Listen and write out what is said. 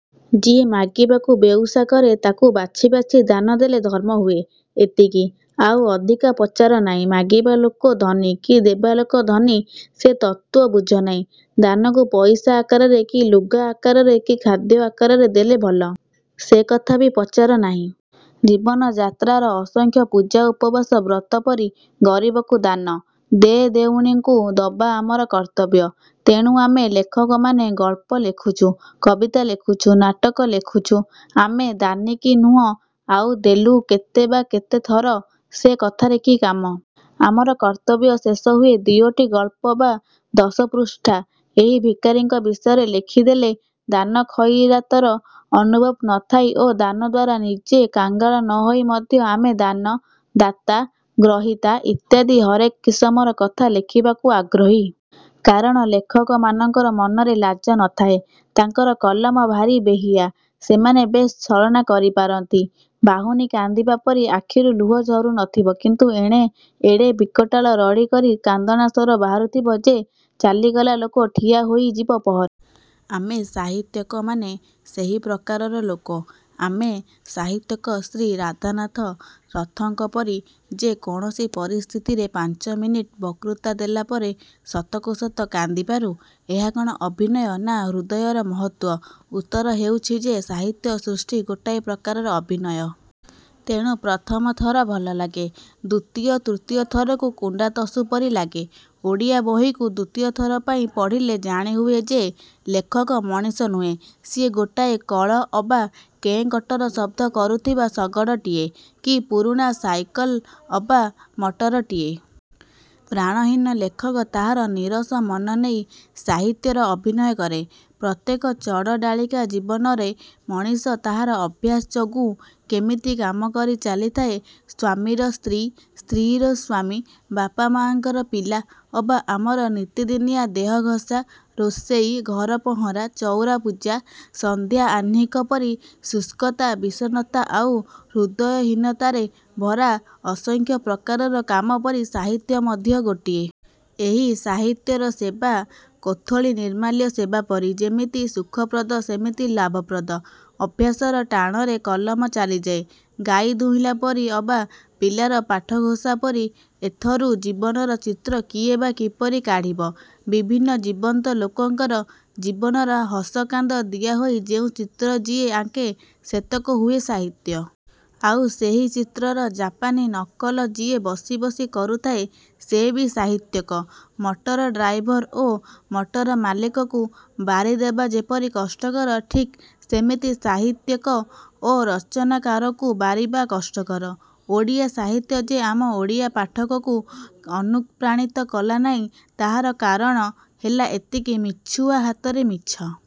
ଯିଏ ମାଗିବାକୁ ବେଉଷା କରେ ତାକୁ ବାଛି ବାଛି ଦାନ ଦେଲେ ଧର୍ମ ହୁଏ। ଏତିକି। ଆଉ ଅଧିକା ପଚାର ନାହିଁ। ମାଗିବା ଲୋକ ଧନୀ କି ଦେବା ଲୋକ ଧନୀ-ସେ ତତ୍ତ୍ୱ ବୁଝ ନାହିଁ। ଦାନକୁ ପଇସା ଆକାରରେ, କି ଲୁଗା ଆକାରରେ କି ଖାଦ୍ୟ ଆକାରରେ ଦେଲେ ଭଲ-ସେକଥା ବି ପଚାର ନାହିଁ-। ଜୀବନଯାତ୍ରାର ଅସଂଖ୍ୟ ପୂଜା ଉପବାସ ବ୍ରତ ପରି ଗରିବକୁ ଦାନ, ଦେ-ଦେଉଣିଙ୍କୁ ଦବା ଆମର କର୍ତ୍ତବ୍ୟ। ତେଣୁ ଆମେ ଲେଖକମାନେ ଗଳ୍ପ ଲେଖୁଛୁ, କବିତା ଲେଖୁଛୁ, ନାଟକ ଲେଖୁଛୁ-। ଆମେ ଦାନୀ କି ନୁହଁ ଆଉ ଦେଲୁ କେତେ ବା କେତେ ଥର-ସେ କଥାରେ କି କାମ? ଆମର କର୍ତ୍ତବ୍ୟ ଶେଷ ହୁଏ ଦିଓଟି ଗଳ୍ପ ବା ଦଶପୃଷ୍ଠା ଏହି ଭିକାରୀଙ୍କ ବିଷୟରେ ଲେଖି ଦେଲେ। ଦାନ ଖଇରାତର ଅନୁଭବ ନ ଥାଇ ଓ ଦାନ ଦ୍ୱାରା ନିଜେ କାଙ୍ଗାଳ ନ ହୋଇ ମଧ୍ୟ ଆମେ ଦାନ, ଦାତା, ଗ୍ରହୀତା ଇତ୍ୟାଦି ହରେକ କିସମର କଥା ଲେଖିବାକୁ ଆଗ୍ରହୀ। କାରଣ ଲେଖକମାନଙ୍କର ମନରେ ଲାଜ ନ ଥାଏ-ତାଙ୍କର କଲମ ଭାରି ବେହିଆ। ସେମାନେ ବେଶ୍ ଛଳନା କରିପାରନ୍ତି-ବାହୁନି କାନ୍ଦିବା ପରି। ଆଖିରୁ ଲୁହ ଝରୁ ନ ଥିବ କିନ୍ତୁ ଏଣେ ଏଡ଼େ ବିକଟାଳ ରଡ଼ି କରି କାନ୍ଦଣା ସ୍ୱର ବାହାରୁଥିବ ଯେ ଚାଲିଗଲା ଲୋକ ଠିଆ ହୋଇଯିବ ପହରେ। ଆମେ ସାହିତ୍ୟିକମାନେ ସେହି ପ୍ରକାରର ଲୋକ। ଆମେ ସାହିତ୍ୟିକ ଶ୍ରୀ ରାଧାନାଥ ରଥଙ୍କ ପରି ଯେ କୌଣସି ପରିସ୍ଥିତିରେ ପାଞ୍ଚମିନିଟ୍ ବକ୍ତୃତା ଦେଲା ପରେ ସତକୁ ସତ କାନ୍ଦିପାରୁ-। ଏହା କ'ଣ ଅଭିନୟ ନା ହୃଦୟର ମହତ୍ତ୍ୱ? ଉତ୍ତର ହେଉଛି ଯେ ସାହିତ୍ୟ ସୃଷ୍ଟି ଗୋଟାଏ ପ୍ରକାରର ଅଭିନୟ। ତେଣୁ ପ୍ରଥମ ଥର ଭଲ ଲାଗେ। ଦ୍ୱିତୀୟ ତୃତୀୟ ଥରକୁ କୁଣ୍ତାତସୁ ପରି ଲାଗେ। ଓଡ଼ିଆ ବହିକୁ ଦ୍ୱିତୀୟ ଥର ପାଇଁ ପଢ଼ିଲେ ଜାଣିହୁଏ ଯେ ଲେଖକ ମଣିଷ ନୁହେଁ-ସିଏ ଗୋଟାଏ କଳ ଅବା କେଁକଟର ଶଦ୍ଦ କରୁଥିବା ଶଗଡ଼ଟିଏ କି ପୁରୁଣା ସାଇକଲ୍ ଅବା ମଟରଟିଏ। ପ୍ରାଣହୀନ ଲେଖକ ତାହାର ନିରସ ମନ ନେଇ ସାହିତ୍ୟର ଅଭିନୟ କରେ। ପ୍ରତ୍ୟେକ ଚଡ଼ଡାଳିକା ଜୀବନରେ ମଣିଷ ତାହାର ଅଭ୍ୟାସ ଯୋଗୁଁ କେମିତି କାମ କରି ଚାଲିଥାଏ। ସ୍ୱାମୀର ସ୍ତ୍ରୀ, ସ୍ତ୍ରୀର ସ୍ୱାମୀ, ବାପମାଙ୍କର ପିଲା ଅବା ଆମର ନିତିଦିନିଆ ଦେହଘସା ରୋଷେଇ, ଘର ପହଁରା, ଚଉରା ପୂଜା, ସନ୍ଧ୍ୟା ଆହ୍ନିକ ପରି ଶୁଷ୍କତା ବିଷର୍ଣ୍ଣତା ଆଉ ହୃଦୟହୀନତାରେ ଭରା ଅସଂଖ୍ୟ ପ୍ରକାରର କାମ ପରି ସାହିତ୍ୟ ମଧ୍ୟ ଗୋଟିଏ। ଏହି ସାହିତ୍ୟର ସେବା କୋଥଳି ନିର୍ମାଲ୍ୟ ସେବା ପରି ଯେମିତି ସୁଖପ୍ରଦ ସେମିତି ଲାଭପ୍ରଦ। ଅଭ୍ୟାସର ଟାଣରେ କଲମ ଚାଲିଯାଏ ଗାଈ ଦୁହିଁଲା ପରି ଅବା ପିଲାର ପାଠଘୋଷା ପରି। ଏଥରୁ ଜୀବନର ଚିତ୍ର କିଏ ବା କିପରି କାଢ଼ିବ? ବିଭିନ୍ନ ଜୀବନ୍ତ ଲୋକଙ୍କର ଜୀବନର ହସକାନ୍ଦ ଦିଆ ହୋଇ ଯେଉଁ ଚିତ୍ର ଯିଏ ଆଙ୍କେ ସେତକ ହୁଏ ସାହିତ୍ୟ। ଆଉ ସେହି ଚିତ୍ରର ଯାପାନୀ ନକଲ ଯିଏ ବସି ବସି କରୁଥାଏ ସେ ବି ସାହିତ୍ୟିକ। ମଟର ଡ୍ରାଇଭର ଓ ମଟର ମାଲିକକୁ ବାରିଦେବା ଯେପରି କଷ୍ଟକର ଠିକ୍ ସେମିତି ସାହିତ୍ୟିକ ଓ ରଚନାକାରକୁ ବାରିବା କଷ୍ଟକର। ଓଡ଼ିଆ ସାହିତ୍ୟ ଯେ ଆମ ଓଡ଼ିଆ ପାଠକଙ୍କୁ ଅନୁପ୍ରାଣିତ କଲା ନାହିଁ ତାହାର କାରଣ ହେଲା ଏତିକି। ମିଛୁଆ ହାତରେ ମିଛ